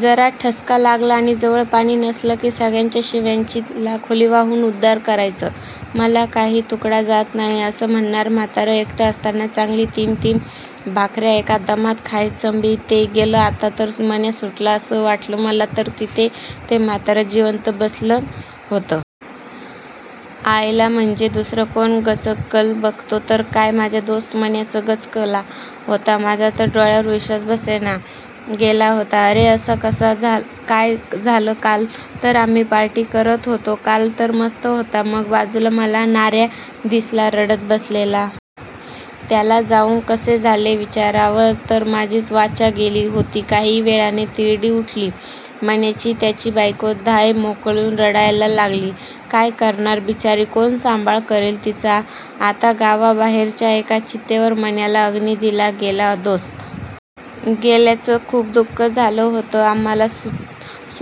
जरा ठसका लागला आणि जवळ पाणी नसल कि सगळ्याचा शिव्यांची लाखोली वाहून उद्धार करायच. मला काही तुकडा जात नाही असा म्हणनार म्हातारं एकट असताना चांगली तीन तीन भाकऱ्या एका दमात खायचंबी. ते गेलं आता तर मन्या सुटला अस वाटलं मला तर तिथे ते म्हातारं जिवंत बसल होत. अायला म्हंजे दुसर कोण गचकलबघतो तर काय माझा दोस्त मन्याचं गचकला होतामाझा तर डोळ्यावर विश्वास बसेना गेला होता अरे असा कसा काय झालंकाल तर आम्ही पार्टी करत होतोकाल तर मस्त होता मगबाजूला मला नाऱ्या दिसला रडत बसलेला. त्याला जाऊन कसे झाले विचारावं तर माझीच वाचा गेली होतीकाही वेळाने तिरडी उठली मण्याचीत्याची बायको धाय मोकलून रडायला लागली. काय करणार बिचारी, कोण सांभाळ करेल तिचा आतागावाबाहेरच्या एका चितेवर मन्याला अग्नी दिला गेला. दोस्त गेल्याच खूप दुःख झालं होता आम्हालासुधरत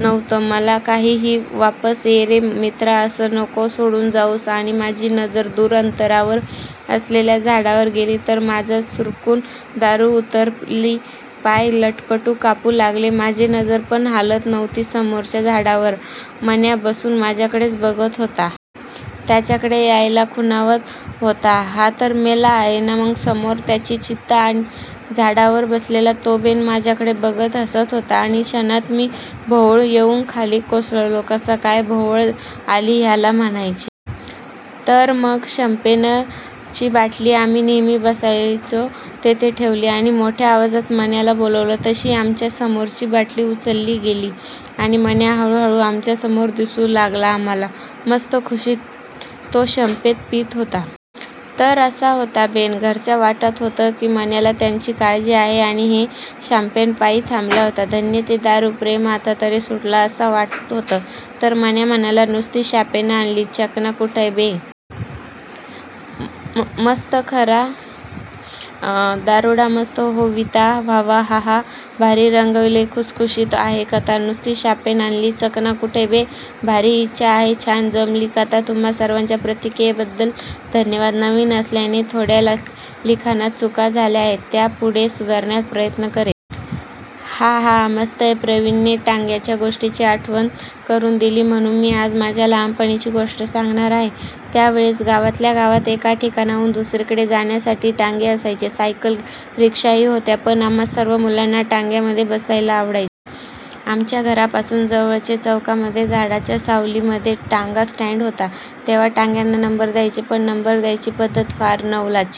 नव्हता मला काहीहीवापस ये रे मित्रा अस नको सोडून जाऊसआणि माझी नजर दूर अंतरावर असलेल्या झाडावर गेली तर, माझा सूरकन दारू उतरलीपाय लटपट कापू लागले माझेनजर पण हालत नव्हतीसमोरच्या झाडावर मन्या बसून माझ्याकडेच बघत होता. त्याच्याकडे यायला खुणावत होताहा तर मेला आहे ना मगसमोर त्याची चीता आणि झाडावर बसलेला तोबेन माझ्याकडे बघत हसत होता आणि क्षणात मी भोवळ येऊन खाली कोसळलो. " कसा काय भोवळ आली ह्याला म्हणायची? तर मग शंपेन ची बाटली आम्ही नेहमी बसायचो तेथे ठेवली. आणि मोठ्या आवाजात मण्याला बोलावलं. तशी आमच्या समोरची बाटली उचलली गेली. आणि मन्या हळू हळू आमच्या समोर दिसू लागला आम्हाला. मस्त खुशीत तो शंपेण पित होता. तर असा होता बेन, घरच्या वाटत होता की मन्याला त्यांची काळजी आहे आणि हे शांपेन पायी थांबला होता. धन्य ते दारू प्रेमआता तरी सुटलो असा वाटत होतं तर मन्या म्हणाला"नुसती शापेण आणली, चकणा कुठाय बे? "मस्तखरा दारुडामस्त होतीव्वा व्वाहाहाहा भारी रंगवलीयखुसखुशीत आहे कथा"नुसती शापेण आणली, चकणा कुठाय बे? "भारी ईच्छा आहेछान जमलीय कथातुम्हा सर्वांच्या प्रतिक्रियेबद्दल धन्यवाद. नवीन असल्याने थोड्या लिखाणात चुका झाल्या आहेत. त्या पुढे सुधारण्याचा प्रयत्न करेन. हाहा मस्तेय️ प्रवीणने टांग्याच्या गोष्टीची आठवण करून दिली म्हणून मी आज माझ्या लहानपणीची गोष्ट सांगणार आहे. त्या वेळेस गावातल्या गावात एका ठिकाणाहून दुसरीकड़े जाण्यासाठी टांगे असायचे. सायकल रिक्षाही होत्या पण आम्हां सर्व मुलांना टांग्यामध्ये बसायला आवडायचे. आमच्या घरापासून जवळच चौकामधे झाडाच्या सावलीमध्ये टांगा स्टॅन्ड होता. तेव्हा टांग्यांना नंबर द्यायचे. पण नंबर द्यायची पद्धत फार नवलाची.